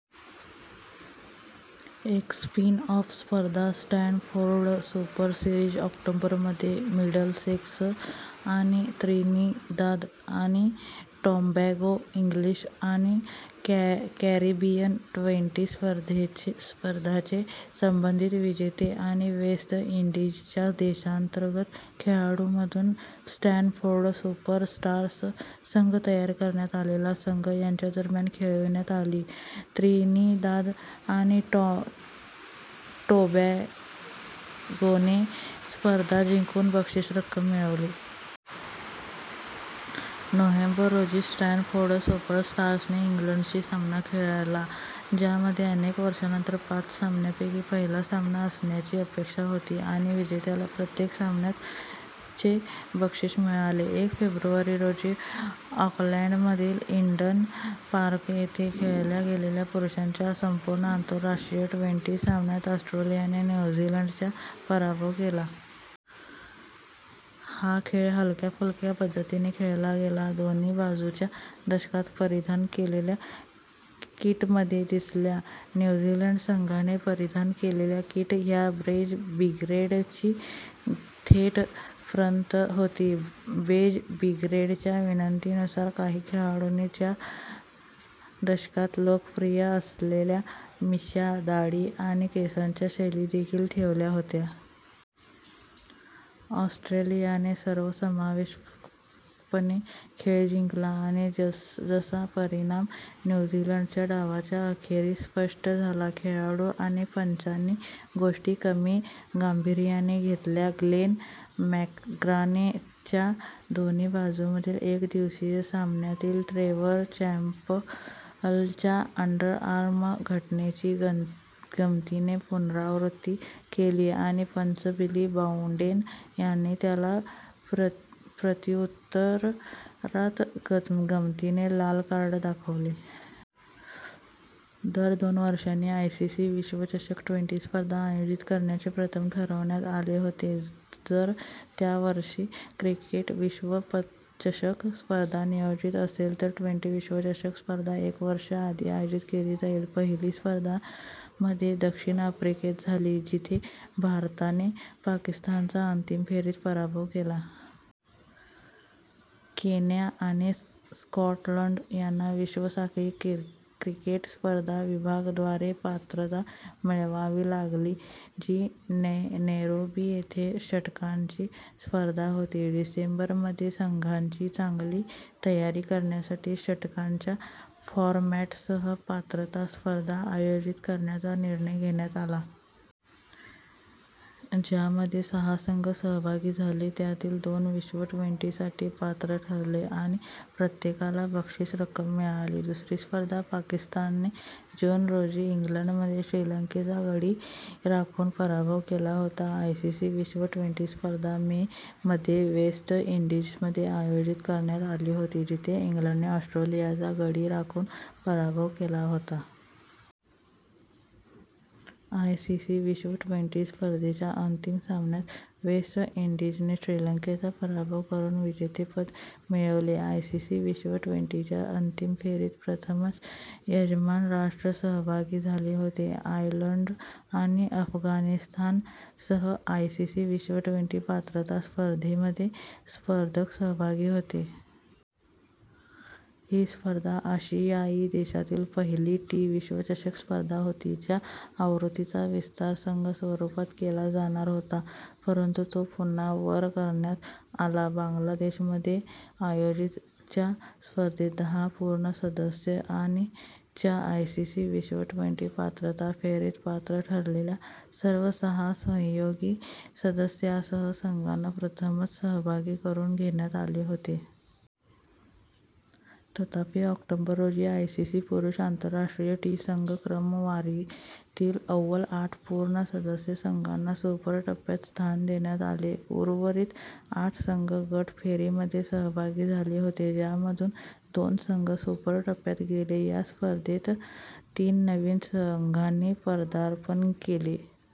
एक स्पिन-ऑफ स्पर्धा, Stanford super series, October मध्ये मिडलसेक्स आणि त्रिनिदाद आणि टोबॅगो, इंग्लिश आणि कॅरिबियन ट्वेंटी- स्पर्धांचे संबंधित विजेते आणि वेस्ट इंडीजच्या देशांतर्गत खेळाडूंमधून स्टॅनफोर्ड सुपरस्टार्स संघ तयार करण्यात आलेला संघ; यांच्या दरम्यान खेळविण्यात आली त्रिनिदाद आणि टोबॅगोने स्पर्धा जिंकून बक्षीस रक्कम मिळवली. नोव्हेंबर रोजी, स्टॅनफोर्ड सुपरस्टार्सने इंग्लंडशी सामना खेळला ज्यामध्ये अनेक वर्षांनंतर पाच सामन्यांपैकी पाहिला सामना असण्याची अपेक्षा होती आणि विजेत्याला प्रत्येक सामन्यात चे बक्षीस मिळाले.। फेब्रुवारी रोजी ऑकलंडमधील ईडन पार्क येथे खेळल्या गेलेल्या पुरुषांच्या संपूर्ण आंतरराष्ट्रीय ट्वेंटी सामन्यात ऑस्ट्रेलियाने न्यू झीलंडचा पराभव केला. हा खेळ हलक्या-फुलक्या पद्धतीने खेळला गेला – दोन्ही बाजू च्या दशकात परिधान केलेल्या किटमध्ये दिसल्या, न्यू झीलंड संघाने परिधान केलेल्या किट ह्या बेज ब्रिगेडची थेट प्रत होती. बेज ब्रिगेडच्या विनंतीनुसार, काही खेळाडूंनी च्या दशकात लोकप्रिय असलेल्या मिशा/दाढी आणि केसांच्या शैली देखील ठेवल्या होत्या. ऑस्ट्रेलियाने सर्वसमावेशकपणे खेळ जिंकला, आणि जसजसा परिणाम न्यू झीलंडच्या डावाच्या अखेरीस स्पष्ट झाला, खेळाडू आणि पंचांनी गोष्टी कमी गांभीर्याने घेतल्या ग्लेन मॅकग्राने च्या दोन्ही बाजूंमधील एकदिवसीय सामन्यातील ट्रेव्हर चॅपलच्या अंडरआर्म घटनेची गंमतीने पुनरावृत्ती केली आणि पंच बिली बाउडेन यांनी त्याला प्रत्युत्तरात गंमतीने लाल कार्ड दाखवले. दर दोन वर्षांनी आयसीसी विश्वचषक ट्वेंटी- स्पर्धा आयोजित करण्याचे प्रथम ठरवण्यात आले होते, जर त्या वर्षी क्रिकेट विश्वचषक स्पर्धा नियोजित असेल तर ट्वेंटी- विश्वचषक स्पर्धा एक वर्ष आधी आयोजित केली जाईल. पहिली स्पर्धा मध्ये दक्षिण आफ्रिकेत झाली जिथे भारताने पाकिस्तानचा अंतिम फेरीत पराभव केला. केन्या आणि स्कॉटलंड यांना विश्व साखळी क्रिकेट स्पर्धा विभाग द्वारे पात्रता मिळवावी लागली जी नैरोबी येथे षटकांची स्पर्धा होती. डिसेंबर मध्ये संघांची चांगली तयारी करण्यासाठी षटकांच्या फॉरमॅटसह पात्रता स्पर्धा आयोजित करण्याचा निर्णय घेण्यात आला. ज्यामध्ये सहा संघ सहभागी झाले, त्यातील दोन विश्व ट्वेंटी साठी पात्र ठरले आणि प्रत्येकाला बक्षीस रक्कम मिळाली. दुसरी स्पर्धा पाकिस्तानने जून रोजी इंग्लंडमध्ये श्रीलंकेचा गडी राखून पराभव केला होता. आयसीसी विश्व ट्वेंटी स्पर्धा मे मध्ये वेस्ट इंडीजमध्ये आयोजित करण्यात आली होती, जिथे इंग्लंडने ऑस्ट्रेलियाचा गडी राखून पराभव केला होता. आयसीसी विश्व ट्वेंटी स्पर्धेच्या अंतिम सामन्यात वेस्ट इंडीजने श्रीलंकेचा पराभव करून विजेतेपद मिळवले. आयसीसी विश्व ट्वेंटी- च्या अंतिम फेरीत प्रथमच यजमान राष्ट्र सहभागी झाले होते. आयर्लंड आणि अफगाणिस्तानसह आयसीसी विश्व ट्वेंटी पात्रता, स्पर्धेमध्ये स्पर्धक सहभागी होते. ही स्पर्धा आशियाई देशातील पहिला टी विश्वचषक स्पर्धा होती. च्या आवृत्तीचा विस्तार संघ स्वरूपात केला जाणार होता परंतु तो पुन्हा वर करण्यात आला. बांगलादेशमध्ये आयोजित च्या स्पर्धेत दहा पूर्ण सदस्य आणि च्या आयसीसी विश्व ट्वेंटी पात्रता फेरीत पात्र ठरलेल्या सर्व सहा सहयोगी सदस्यांसह संघांना प्रथमच सहभागी करून घेण्यात आले होते. तथापि ऑक्टोबर रोजी आयसीसी पुरुष आंतरराष्ट्रीय टी संघ क्रमवारीतील अव्वल आठ पूर्ण सदस्य संघांना सुपर टप्प्यात स्थान देण्यात आले. उर्वरित आठ संघ गट फेरीमध्ये सहभागी झाले होते, ज्यामधून दोन संघ सुपर टप्प्यात गेले. या स्पर्धेत तीन नवीन संघांनी पदार्पण केले.